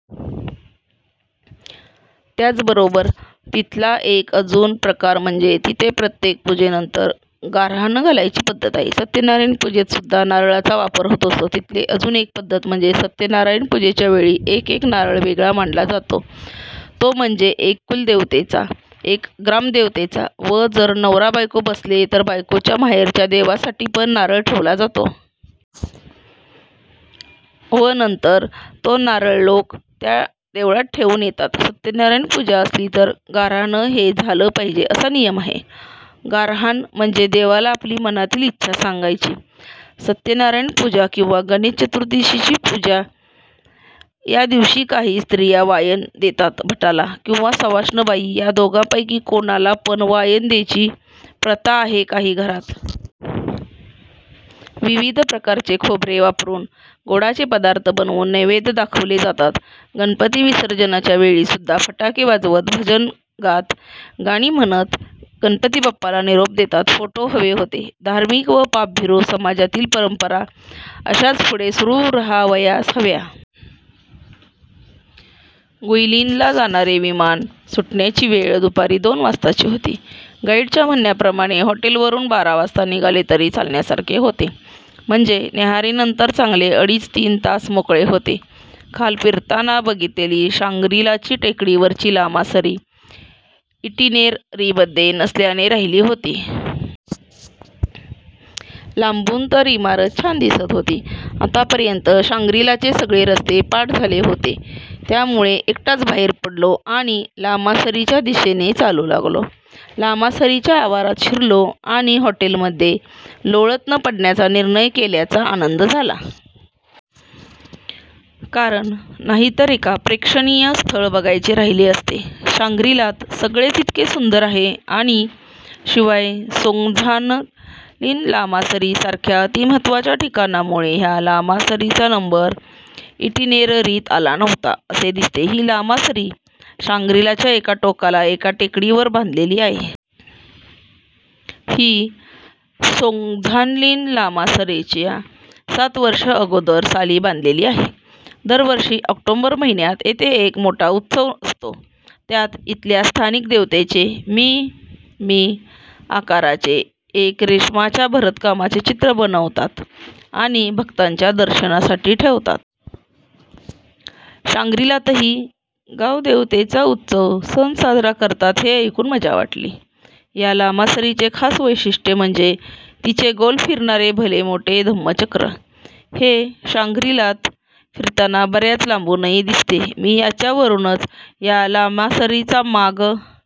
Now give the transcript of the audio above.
त्याच बरोबर तिथला एक अजुन प्रकार म्हणजे तिथे प्रत्येक पुजेनंतर गार्हाण घालायची पध्दत आहे. सत्यनारायण पुजेत सुध्दा नारळाचा वापर होत असतो. तिथले अजुन एक पद्धत म्हणजे सत्यनारायण पुजेच्या वेळी एक एक नारळ वेगळा मांडला जातो तो म्हणजे एक कुलदेवतेचा एक ग्रामदेवतेचा व जर नवरा बायको बसले तर बायकोच्या माहेरच्या देवासाठी पण नारळ ठेवला जातो. व नंतर तो नारळ लोक त्या देवळात ठेवुन येतात. सत्यनारायण पुजा असली तर गार्हाण हे झाल पाहिजे असा नियम आहे. गार्हाण म्हणजे देवाला आपली मनातील इच्छा सांगायची. सत्यनारायण पुजा किंवा गणेश चतृर्थीची पुजा या दिवशी काही स्रिया वायन देतात भटाला किंवा सवाष्ण बाई या दोघांपैकी कोणाला पण वायन देयची प्रथा आहे काही घरात. विवीध प्रकारचे खोबरे वापरुन गोडाचे पदार्थ बनवुन नैवेद्य दाखवले जातात. गणपती विसर्जनाच्या वेळी सुध्दा फटाके वाजवत भजन गात गाणी म्हणत गणपती बाप्पाला निरोप देतात. फोटो हवे होते. धार्मिक व पापभीरू समाजातील परंपरा अशाच पुढे सुरू रहावयास हव्या. गुईलीनला जाणारे विमान सुटण्याची वेळ दुपारी दोन वाजताची होती. गाइडच्या म्हणण्याप्रमाणे हॉटेलवरून बारा वाजता निघाले तरी चालण्यासारखे होते. म्हणजे न्याहारीनंतर चांगले अडीच तीन तास मोकळे होते. काल फिरताना बघितलेली शांग्रीलाची टेकडीवरची लामासरी इटिनेररीमध्ये नसल्याने राहिली होती. लांबून तर इमारत छान दिसत होती. आतापर्यंत शांग्रीलाचे सगळे रस्ते पाठ झाले होते त्यामुळे एकटाच बाहेर पडलो आणि लामासरीच्या दिशेने चालू लागलो. लामासरीच्या आवारात शिरलो आणि हॉटेलमध्ये लोळत न पडण्याचा निर्णय केल्याचा आनंद झाला. कारण नाहीतर एका प्रेक्षणीय स्थळ बघायचे राहिले असते. शांग्रीलात सगळेच इतके सुंदर आहे आणि शिवाय सोंगझानलीन लामासरी सारख्या अतिमहत्त्वाच्या ठिकाणामुळे ह्या लामासरीचा नंबर इटिनेररीत आला नव्हता असे दिसते! ही लामासरी शांग्रीलाच्या एका टोकाला एका टेकडीवर बांधलेली आहे. ही सोंगझानलीन लामासरीच्या सात वर्षे अगोदर साली बांधलेली आहे. दरवर्षी ऑक्टोबर महिन्यात येथे एक मोठा उत्सव असतो. त्यांत इथल्या स्थानिक देवतेचे. मी. मी आकाराचे एक रेशमाच्या भरतकामाचे चित्र बनवतात आणि भक्तांच्या दर्शनासाठी ठेवतात. शांग्रीलातही गांवदेवतेचा उत्सव सण साजरा करतात हे ऐकून मजा वाटली. या लामासरीचे खास वैशिष्ट्य म्हणजे तिचे गोल फिरणारे भलेमोठे धम्मचक्र. हे शांग्रीलात फिरताना बऱ्याच लांबूनही दिसते. मी याच्यावरूनच या लामासरीचा माग